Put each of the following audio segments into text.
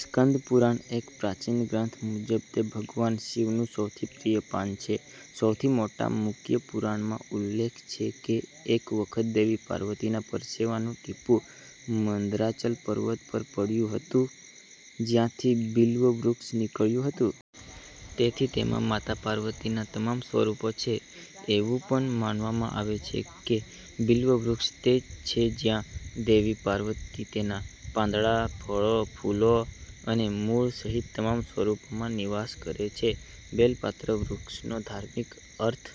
સ્કંદ પુરાણ, એક પ્રાચીન ગ્રંથ મુજબ તે ભગવાન શિવનું સૌથી પ્રિય પાન છે. સૌથી મોટા મુક્યપુરાણમાં ઉલ્લેખ છે કે એક વખત દેવી પાર્વતીના પરસેવાનું ટીપું મંદરાચલ પર્વત પર પડ્યું હતું, જ્યાંથી બિલ્વ વૃક્ષ નીકળ્યું હતું. તેથી, તેમાં માતા પાર્વતીના તમામ સ્વરૂપો છે. એવું પણ માનવામાં આવે છે કે બિલ્વ વૃક્ષ તે છે જ્યાં દેવી પાર્વતી તેના પાંદડા, ફળો, ફૂલો અને મૂળ સહિત તમામ સ્વરૂપોમાં નિવાસ કરે છે. બેલ પાત્ર વૃક્ષનો ધાર્મિક અર્થ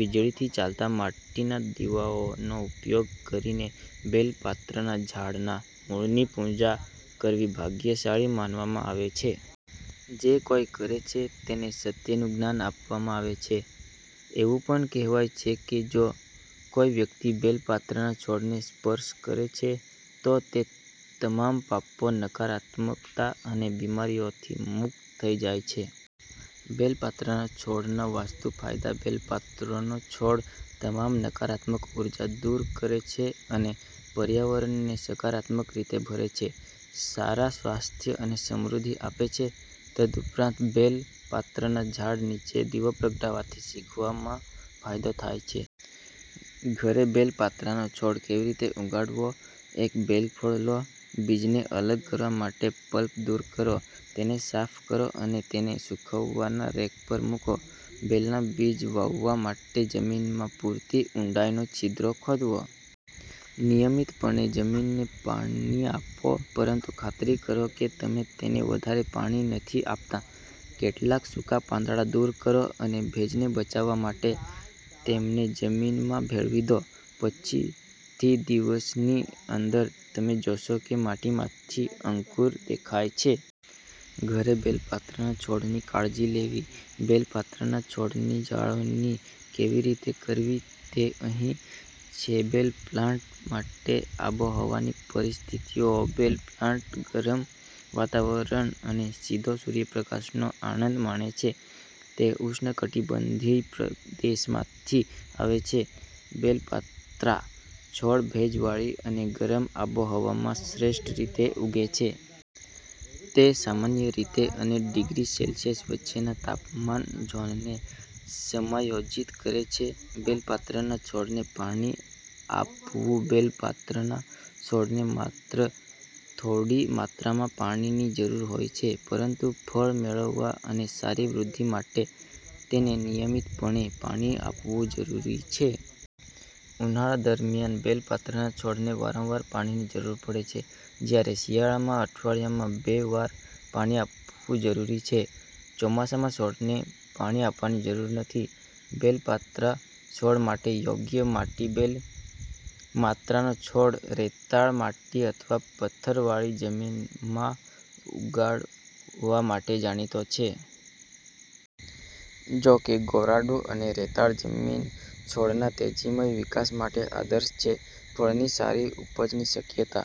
વીજળીથી ચાલતા માટીના દીવાઓનો ઉપયોગ કરીને બેલ પાત્રના ઝાડના મૂળની પૂજા કરવી ભાગ્યશાળી માનવામાં આવે છે. જે કોઈકરે છે તેને સત્યનું જ્ઞાન આપવામાં આવે છે. એવું પણ કહેવાય છે કે જો કોઈ વ્યક્તિ બેલ પાત્રના છોડને સ્પર્શ કરે છે, તો તે તમામ પાપો, નકારાત્મકતા અને બીમારીઓથી મુક્ત થઈ જાય છે. બેલ પાત્રના છોડના વાસ્તુ ફાયદા બેલ પાત્રનો છોડ તમામ નકારાત્મક ઉર્જા દૂર કરે છે અને પર્યાવરણને સકારાત્મક રીતે ભરે છે, સારા સ્વાસ્થ્ય અને સમૃદ્ધિ આપે છે. તદુપરાંત, બેલ પાત્રના ઝાડ નીચે દીવો પ્રગટાવવાથી શીખવામાં ફાયદો થાય છે. ઘરે બેલ પાત્રાનો છોડ કેવી રીતે ઉગાડવો એક બેલ ફળ લો, બીજને અલગ કરવા માટે પલ્પ દૂર કરો, તેને સાફ કરો અને તેને સૂકવવાના રેક પર મૂકો. બેલના બીજ વાવવા માટે જમીનમાં પૂરતી ઊંડાઈનો છિદ્ર ખોદવો. નિયમિતપણે જમીનને પાણી આપો પરંતુ ખાતરી કરો કે તમે તેને વધારે પાણી નથી આપતા. કેટલાક સૂકા પાંદડા દૂર કરો અને ભેજને બચાવવા માટે તેમને જમીનમાં ભેળવી દો. પછી, થી દિવસની અંદર, તમે જોશો કે માટીમાંથી અંકુર દેખાય છે. ઘરે બેલ પાત્રના છોડની કાળજી લેવી બેલ પાત્રના છોડની જાળવણી કેવી રીતે કરવી તે અહીં છેબેલ પ્લાન્ટ માટે આબોહવાની પરિસ્થિતિઓબેલ પ્લાન્ટ ગરમ વાતાવરણ અને સીધો સૂર્યપ્રકાશનો આનંદ માણે છે. તે ઉષ્ણકટિબંધીય પ્રદેશમાંથી આવે છે, બેલ પાત્રા છોડ ભેજવાળી અને ગરમ આબોહવામાં શ્રેષ્ઠ રીતે ઉગે છે. તે સામાન્ય રીતે અને ડિગ્રી સેલ્સિયસ વચ્ચેના તાપમાન ઝોનને સમાયોજિત કરે છે. બેલ પાત્રના છોડને પાણી આપવુંબેલ પાત્રના છોડને માત્ર થોડી માત્રામાં પાણીની જરૂર હોય છે. પરંતુ ફળ મેળવવા અને સારી વૃદ્ધિ માટે, તેને નિયમિતપણે પાણી આપવું જરૂરી છે. ઉનાળા દરમિયાન, બેલ પાત્રના છોડને વારંવાર પાણીની જરૂર પડે છે, જ્યારે શિયાળામાં અઠવાડિયામાં બે વાર પાણી આપવું જરૂરી છે. ચોમાસામાં, છોડને પાણી આપવાની જરૂર નથી. બેલ પાત્રા છોડ માટે યોગ્ય માટીબેલ માત્રાનો છોડ રેતાળ, માટી અથવા પથ્થરવાળી જમીનમાં ઉગાડવા માટે જાણીતો છે. જો કે, ગોરાડુ અને રેતાળ જમીન છોડના તેજીમય વિકાસ માટે આદર્શ છે. ફળની સારી ઉપજની શક્યતા